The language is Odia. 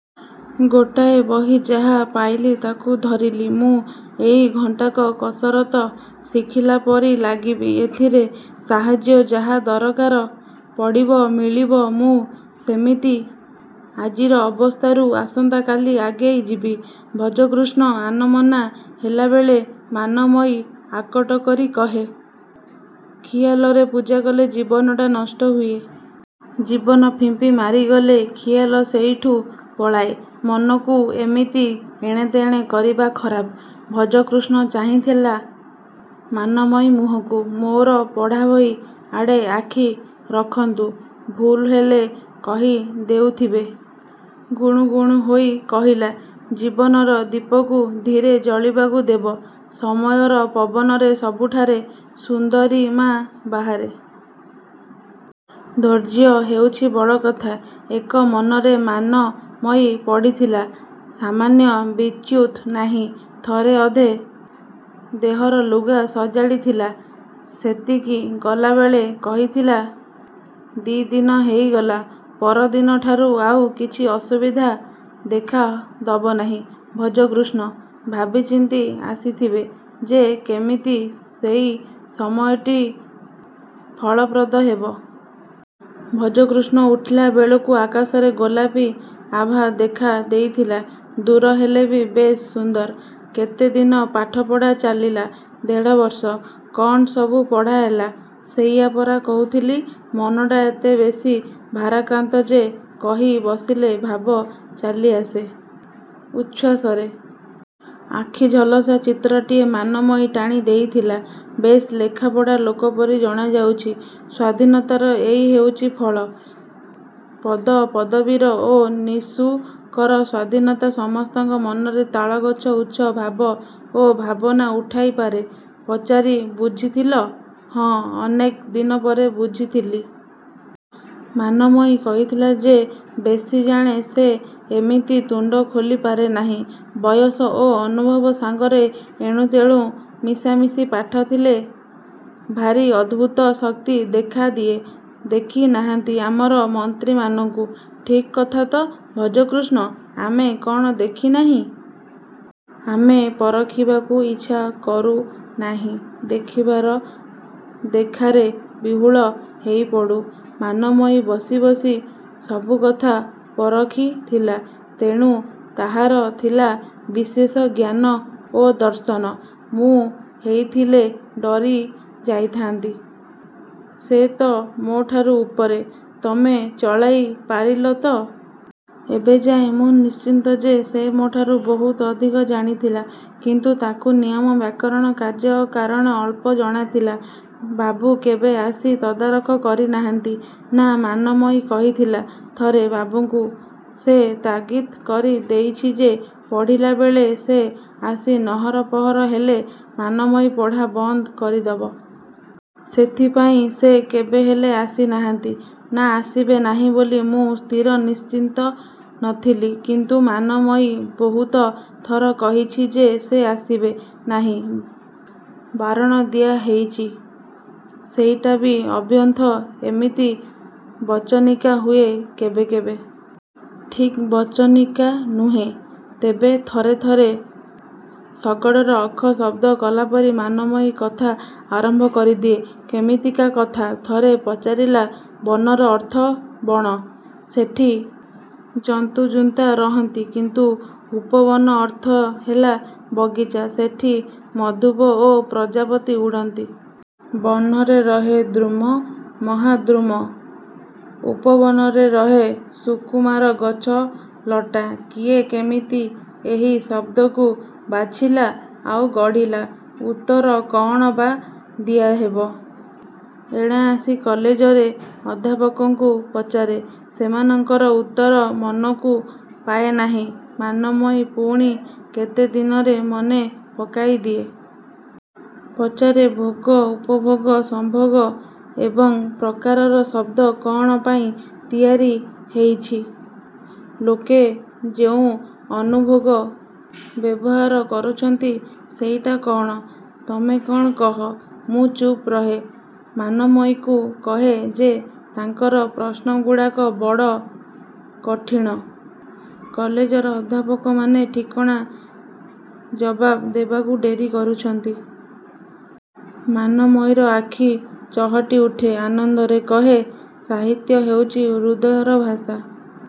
–ଗୋଟାଏ ବହି। ଯାହା ପାଇଲି ତା'କୁ ଧରିଲି। ମୁଁ ଏଇ ଘଣ୍ଟାକ କସରତ ଶିଖିଲା ପରି ଲାଗିବି ଏଥିରେ। ସାହାଯ୍ୟ ଯାହା ଦରକାର ପଡ଼ିବ–ମିଳିବ। ମୁଁ ଯେମିତି ଆଜିର ଅବସ୍ଥାରୁ ଆସନ୍ତା କାଲି ଆଗେଇ ଯିବି। ଭଜକୃଷ୍ଣ ଆନମନା ହେଲାବେଳେ ମାନମୟୀ ଆକଟ କରି କହେ–ଖିଆଲରେ ପୂଜା କଲେ ଜୀବନଟା ନଷ୍ଟ ହୁଏ। ଜୀବନ ଫିମ୍ପି ମାରିଗଲେ ଖିଆଲ ସେଠୁ ପଳାଏ। ମନକୁ ଏମିତି ଏଣେତେଣେ କରିବା ଖରାପ। ଭଜକୃଷ୍ଣ ଚାହିଁଥିଲା ମାନମୟୀ ମୁହଁକୁ। –ମୋର ପଢ଼ାବହି ଆଡ଼େ ଆଖି ରଖନ୍ତୁ। ଭୁଲହେଲେ କହିଦେଉଥିବେ। ଗୁଣୁ ଗୁଣୁ ହୋଇ କହିଲା–ଜୀବନର ଦୀପକୁ ଧୀରେ ଜଳିବାକୁ ଦେବ। ସମୟର ପବନରେ ସବୁଠାରେ ସୁନ୍ଦରିମା ବାହାରେ। ଧୈର୍ଯ୍ୟ ହେଉଛି ବଡ଼ କଥା। ଏକ ମନରେ ମାନମୟୀ ପଢ଼ିଥିଲା। ସାମାନ୍ୟ ବିଚ୍ୟୁତ ନାହିଁ। ଥରେ ଅଧେ ଦେହର ଲୁଗା ସଜାଡ଼ି ଥିଲା–ସେତିକି। ଗଲାବେଳେ କହିଥିଲା–ଦି'ଦିନ ହେଇଗଲା। ପରଦିନଠାରୁ ଆଉ କିଛି ଅସୁବିଧା ଦେଖା ଦବନାହିଁ। ଭଜକୃଷ୍ଣ ଭାବିଚିନ୍ତି ଆସିଥିବେ ଯେ କେମିତି ସେଇ ସମୟଟି ଫଳପ୍ରଦ ହେବ। ଭଜକୃଷ୍ଣ ଉଠିଲା ବେଳକୁ ଆକାଶରେ ଗୋଲାପି ଆଭା ଦେଖା ଦେଇଥିଲା–ଦୂର ହେଲେ ବି ବେଶ୍ ସୁନ୍ଦର। –କେତେ ଦିନ ପାଠପଢ଼ା ଚାଲିଲା? –ଦେଢ଼ ବର୍ଷ? –କ'ଣ ସବୁ ପଢ଼ା ହେଲା? –ସେଇଆ ପରା କହୁଥିଲି। ମନଟା ଏତେ ବେଶି ଭାରାକ୍ରାନ୍ତ ଯେ କହି ବସିଲେ ଭାବ ଚାଲିଆସେ ଉଚ୍ଛ୍ୱାସରେ। ଆଖି ଝଲସା ଚିତ୍ରଟିଏ ମାନମୟୀ ଟାଣି ଦେଇଥିଲା। –ବେଶ୍ ଲେଖାପଢ଼ା ଲୋକପରି ଜଣାଯାଉଛି। –ସ୍ୱାଧୀନତାର ଇଏ ହେଉଛି ଫଳ। ପଦପଦବୀ ଓ ନିରୁଙ୍କଶ ସ୍ୱାଧୀନତା ସମସ୍ତଙ୍କ ମନରେ ତାଳଗଛ ଉଚ୍ଚ ଭାବ ଓ ଭାବନା ଉଠାଇ ପାରେ। –ପଚାରି ବୁଝିଥିଲ? –ହଁ, ଅନେକ ଦିନପରେ ବୁଝିଥିଲି। ମାନମୟୀ କହିଥିଲା–ଯେ ବେଶି ଜାଣେ, ସେ ଏମିତି ତୁଣ୍ଡ ଖୋଲିପାରେ ନାହିଁ। ବୟସ ଓ ଅନୁଭବ ସାଙ୍ଗରେ ଏଣୁ ତେଣୁ ମିଶାମିଶି ପାଠ ଥିଲେ ଭାରି ଅଦ୍ଭୁତ ଶକ୍ତି ଦେଖାଦିଏ–ଦେଖି ନାହାନ୍ତି ଆମର ମନ୍ତ୍ରୀମାନଙ୍କୁ। –ଠିକ୍ କଥା ତ, ଭଜକୃଷ୍ଣ। –ଆମେ କ'ଣ ଦେଖୁ ନାହିଁ? ଆମେ ପରଖିବାକୁ ଇଛା କରୁନାହିଁ। ଦେଖିବାର ଦେଖାରେ ବିହ୍ୱଳ ହେଇପଡ଼ୁ। ମାନମୟୀ ବସି ବସି ସବୁ କଥା ପରଖିଥିଲା। ତେଣୁ ତାହାର ଥିଲା ବିଶେଷ ଜ୍ଞାନ ଓ ଦର୍ଶନ। –ମୁଁ ହେଇଥିଲେ ଡରି ଯାଇଥାନ୍ତି। ସେ ତ ମୋ' ଠାରୁ ଉପରେ। ତମେ ଚଳାଇ ପାରିଲ ତ। –ଏବେଯାଏ ମୁଁ ନିଶ୍ଚିତ ଯେ ସେ ମୋ'ଠାରୁ ବହୁତ ଅଧିକ ଜାଣିଥିଲା, କିନ୍ତୁ ତାକୁ ନିୟମ, ବ୍ୟାକରଣ, କାର୍ଯ୍ୟକାରଣ ଅଳ୍ପ ଜଣାଥିଲା। –ବାବୁ କେବେ ଆସି ତଦାରଖ କରି ନାହାନ୍ତି? –ନା, ମାନମୟୀ କହିଥିଲା ଥରେ। ବାବୁଙ୍କୁ ସେ ତାଗିଦ୍ କରି ଦେଇଛି ଯେ ପଢ଼ିଲା ବେଳେ ସେ ଆସି ନହର ପହର ହେଲେ ମାନମୟୀ ପଢ଼ା ବନ୍ଦ କରିଦବ। –ସେଥିପାଇଁ ସେ କେବେ ହେଲେ ଆସି ନାହାନ୍ତି। –ନା, ଆସିବେ ନାହିଁ ବୋଲି ମୁଁ ସ୍ଥିର ନିଶ୍ଚିତ ନ ଥିଲି କିନ୍ତୁ ମାନମୟୀ ବହୁତ ଥର କହିଛି ଯେ ସେ ଆସିବେ ନାହିଁ। ବାରଣ ଦିଆ ହେଇଛି–ସେଇଟା ବି ଅବ୍ୟର୍ଥ। –ଏମିତି ବଚନିକା ହୁଏ କେବେ କେବେ? –ଠିକ୍ ବଚନିକା ନୁହେଁ। ତେବେ ଥରେ ଥରେ ଶଗଡ଼ର ଅଖ ଶବ୍ଦ କଲାପରି ମାନମୟୀ କଥା ଆରମ୍ଭ କରିଦିଏ। –କେମିତିକା କଥା? –ଥରେ ପଚାରିଲା ବନର ଅର୍ଥ ବଣ। ସେଠି ଜନ୍ତୁଜୁନ୍ତା ରହନ୍ତି। କିନ୍ତୁ ଉପବନ ଅର୍ଥ ହେଲା ବଗିଚା–ସେଠି ମଧୁପ ଓ ପ୍ରଜାପତି ଉଡ଼ନ୍ତି। ବନରେ ରହେ ଦ୍ରୁମ–ମହାଦ୍ରୁମ। ଉପବନରେ ରହେ ସୁକୁମାର ଗଛ ଲଟା। କିଏ କେମିତି ଏହି ଶବ୍ଦକୁ ବାଛିଲା? ଆଉ ଗଢ଼ିଲା। –ଉତ୍ତର କ'ଣ ବା ଦିଆହେବ? ଏଣେ ଆସି କଲେଜରେ ଅଧ୍ୟାପକଙ୍କୁ ପଚାରେ। ସେମାନଙ୍କର ଉତ୍ତର ମନକୁ ପାଏନାହିଁ ମାନମୟୀ ପୁଣି କେତେ ଦିନରେ ମନେ ପକାଇଦିଏ। ପଚାରେ ଭୋଗ–ଉପଭୋଗ–ସମ୍ଭୋଗ–ଏତେ ପ୍ରକାରର ଶବ୍ଦ କ'ଣ ପାଇଁ ତିଆରି ହେଇଛି? ଲୋକେ ଯେଉଁ ଅନୁଭୋଗ ବ୍ୟବହାର କରୁଛନ୍ତି–ସେଇଟା କ'ଣ? –ତମେ କ'ଣ କହ? ମୁଁ ଚୁପ୍ ରହେ। ମାନମୟୀକୁ କହେ ଯେ ତାଙ୍କର ପ୍ରଶ୍ନଗୁଡ଼ାକ ବଡ଼ କଠିଣ। କଲେଜରେ ଅଧ୍ୟାପକମାନେ ଠିକଣା ଜବାବ ଦେବାକୁ ଡେରି କରୁଛନ୍ତି। ମାନମୟୀର ଆଖି ଚହଟି ଉଠେ ଆନନ୍ଦରେ କହେ ସାହିତ୍ୟ ହେଉଛି ହୃଦୟର ଭାଷା।